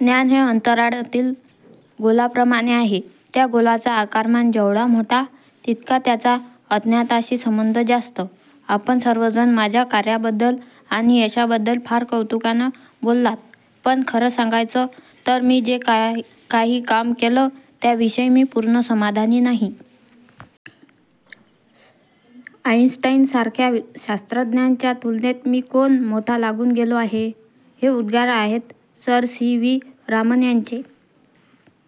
ज्ञान हे अंतराळातील गोलाप्रमाणे आहे. त्या गोलाचा आकारमान जेवढा मोठा, तितका त्याचा अज्ञाताशी संबंध जास्त. आपण सर्वजण माझ्या कार्याबद्दल आणि यशाबद्दल फार कौतुकानं बोललात. पण खरं सांगायचं, तर मी जे काही काम केलं, त्याविषयी मी पूर्ण समाधानी नाही. आइनस्टाईनसारख्या शास्त्रज्ञांच्या तुलनेत मी कोण मोठा लागून गेलो आहे? हे उद्गार आहेत सर सी. व्ही. रामन यांचे.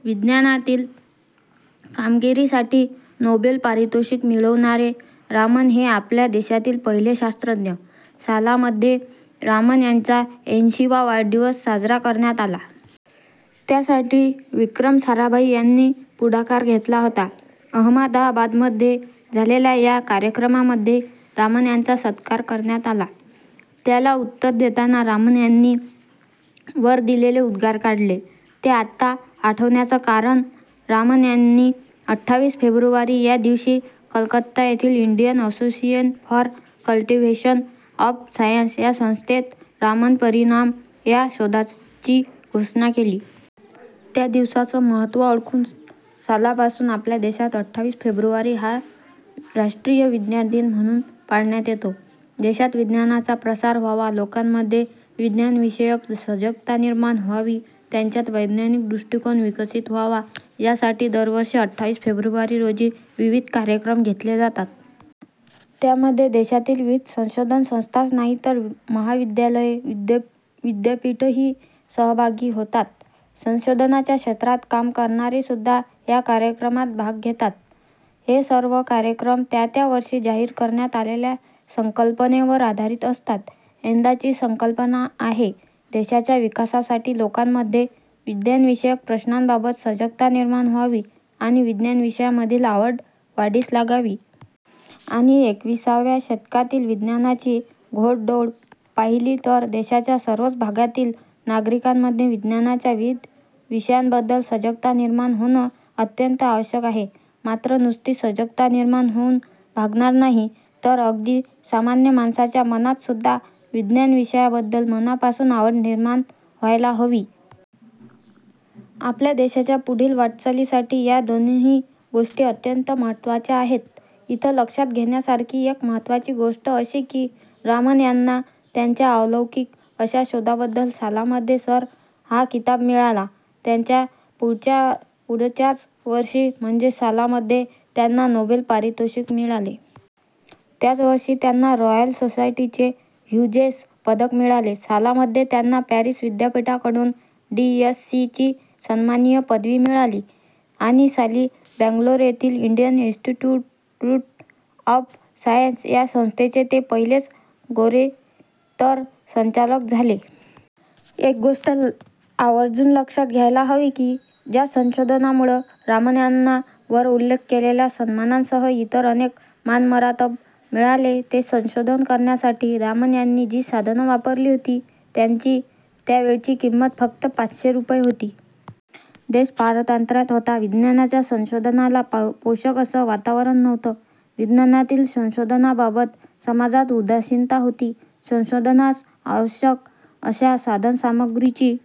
विज्ञानातील कामगिरीसाठी नोबेल पारितोषिक मिळविणारे रामन हे आपल्या देशातील पहिले शास्त्रज्ञ. सालामध्ये रामन यांचा ऐंशी वा वाढदिवस साजरा करण्यात आला. त्यासाठी विक्रम साराभाई यांनी पुढाकार घेतला होता. अहमदाबादमध्ये झालेल्या या कार्यक्रमामध्ये रामन यांचा सत्कार करण्यात आला. त्याला उत्तर देताना रामन यांनी वर दिलेले उद्गार काढले! ते आत्ता आठवण्याचं कारण रामन यांनी अठ्ठावीस फेब्रुवारी या दिवशी कलकत्ता येथील Indian Association for Cultivation of Science या संस्थेत रामन परिणाम या शोधाची घोषणा केली. त्या दिवसाचं महत्त्व ओळखून सालापासून आपल्या देशात अठ्ठावीस फेब्रुवारी हा राष्ट्रीय विज्ञान दिन म्हणून पाळण्यात येतो. देशात विज्ञानाचा प्रसार व्हावा, लोकांमध्ये विज्ञानविषयक सजगता निर्माण व्हावी, त्यांच्यात वैज्ञानिक दृष्टिकोन विकसित व्हावा, यासाठी दरवर्षी अठ्ठावीस फेब्रुवारी रोजी विविध कार्यक्रम घेतले जातात. त्यामध्ये देशातील विविध संशोधन संस्थाच नाहीत तर महाविद्यालये, विद्यपीठंही सहभागी होतात. संशोधनाच्या क्षेत्रात काम करणारेसुद्धा या कार्यक्रमांत भाग घेतात. हे सर्व कार्यक्रम त्या त्या वर्षी जाहीर करण्यात आलेल्या संकल्पनेवर आधारित असतात. यंदाची संकल्पना आहे, देशाच्या विकासासाठी लोकांमध्ये विज्ञानविषयक प्रश्नांबाबत सजगता निर्माण व्हावी आणि विज्ञानविषयांमधील आवड वाढीस लागावी! आणि एकविसाव्या शतकातील विज्ञानाची घोडदौड पाहिली तर देशाच्या सर्वच भागातील नागरिकांमध्ये विज्ञानाच्या विविध विषयांबद्दल सजगता निर्माण होणं अत्यंत आवश्यक आहे. मात्र नुसती सजगता निर्माण होऊन भागणार नाही, तर अगदी सामान्य माणसाच्या मनातसुद्धा विज्ञानविषयाबद्दल मनापासून आवड निर्माण व्हायला हवी. आपल्या देशाच्या पुढील वाटचालीसाठी या दोनही गोष्टी अत्यंत महत्त्वाच्या आहेत. इथं लक्षात घेण्यासारखी एक महत्त्वाची गोष्ट अशी की रामन यांना त्यांच्या अलौकिक अशा शोधाबद्दल सालामध्ये सर हा किताब मिळाला. त्याच्या पुढच्याच वर्षी म्हणजे सालामध्ये, त्यांना नोबेल पारितोषिक मिळाले. त्याचवर्षी त्यांना रॉयल सोसायटीचे ह्युजेस पदक मिळाले. सालामध्ये त्यांना पॅरिस विद्यापीठाकडून डी. एस. सी. ची सन्माननीय पदवी मिळाली आणि साली बंगलोर येथील इंडियन इन्स्टिट्यु्रूट ऑफ सायन्स या संस्थेचे ते पहिलेच गोरेतर संचालक झाले! एक गोष्ट आवर्जुन लक्षात घ्यायला हवी की ज्या संशोधनामुळं रामन यांना वर उल्लेख केलेल्या सन्मानांसह इतर अनेक मानमरातब मिळाले, ते संशोधन करण्यासाठी रामन यांनी जी साधनं वापरली होती, त्यांची त्यावेळची किंमत फक्त पाचशे रुपये होती! देश पारतंत्र्यात होता. विज्ञानाच्या संशोधनाला पोषक असं वातावरण नव्हतं. विज्ञानातील संशोधनाबाबत समाजात उदासीनता होती. संशोधनास आवश्यक अशा साधनसामुग्रीची